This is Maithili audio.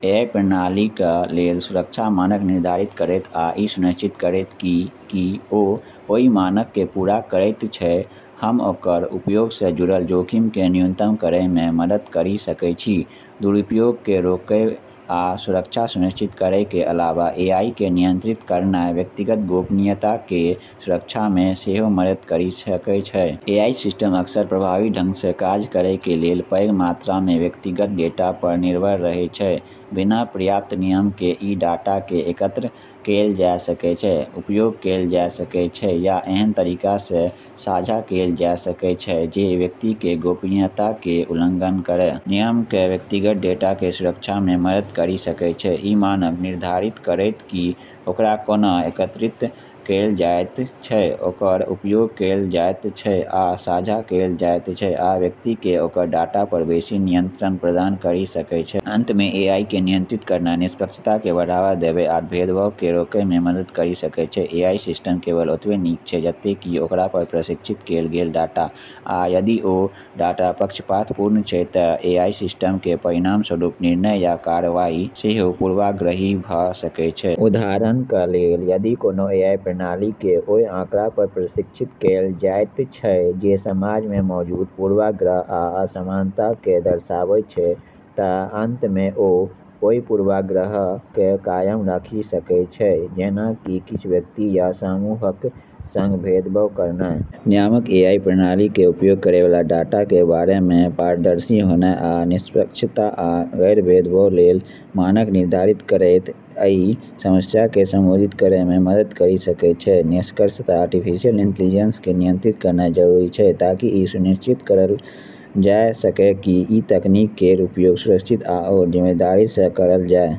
एआई प्रणालीक लेल सुरक्षा मानक निर्धारित करैत आ इ सुनिश्चित करैत कि की ओ ओइ मानकके पूरा करैत छै, हम ओकर उपयोगसँ जुड़ल जोखिमके न्यूनतम करेमे मदद करि सकै छी। दुरुपयोगके रोकै आ सुरक्षा सुनिश्चित करैके अलावा, एआईके नियंत्रित करनाइ व्यक्तिगत गोपनीयताके सुरक्षामे सेहो मदद करि सकै छै। एआई सिस्टम अक्सर प्रभावी ढङ्गसँ काज करैके लेल पैघ मात्रामे व्यक्तिगत डेटा पर निर्भर रहै छै। बिना पर्याप्त नियमके, ई डाटाके एकत्र कैल जा सकै छै, उपयोग कैल जा सकै छै या ऐहन तरीकासँ साझा कैल जा सकै छै जे व्यक्तिके गोपनीयताके उल्लंघन करै। नियमक व्यक्तिगत डेटाके सुरक्षामे मदद करि सकै छै, ई मानक निर्धारित करैत कि ओकरा कोना एकत्रित कैल जाइत छै, ओकर उपयोग कैल जाइत छै आ साझा कैल जाइत छै आ व्यक्तिके ओकर डाटा पर बेशी नियंत्रण प्रदान करि सकै छै। अंतमे, एआईके नियंत्रित करनाइ निष्पक्षताके बढ़ावा देबै आ भेदभावके रोकैमे मदद करि सकै छै। एआई सिस्टम केवल ओतबे नीक छै जतेक कि ओकरा पर प्रशिक्षित कैल गेल डाटा, आ यदि ओ डाटा पक्षपातपूर्ण छै, त' एआई सिस्टमके परिणामस्वरूप निर्णय या कार्रवाई सेहो पूर्वाग्रही भ' सकै छै। उदाहरणक लेल, यदि कोनो एआई प्रणालीके ओइ आँकड़ा पर प्रशिक्षित कैल जाइत छै जे समाजमे मौजूद पूर्वाग्रह आ असमानताके दर्शाबै छै, त' अंत मे ओ ओइ पूर्वाग्रहक कायम राखि सकै छै, जेना कि किछ व्यक्ति या समूहक सङ्ग भेदभाव करनाइ। नियामक एआई प्रणालीक उपयोग करैबला डाटाके बारेमे पारदर्शी होनाइ आ निष्पक्षता आ गैर-भेदभावके लेल मानक निर्धारित करैत अइ समस्याके संबोधित करैमे मदद करि सकै छै। निष्कर्षतः आर्टिफिशियल इंटेलिजेंसके नियंत्रित करनाइ जरूरी छै ताकि ई सुनिश्चित करल जाइ सकै कि ई तकनीक केर उपयोग सुरक्षित आओर जिम्मेदारीसँ करल जाइ ।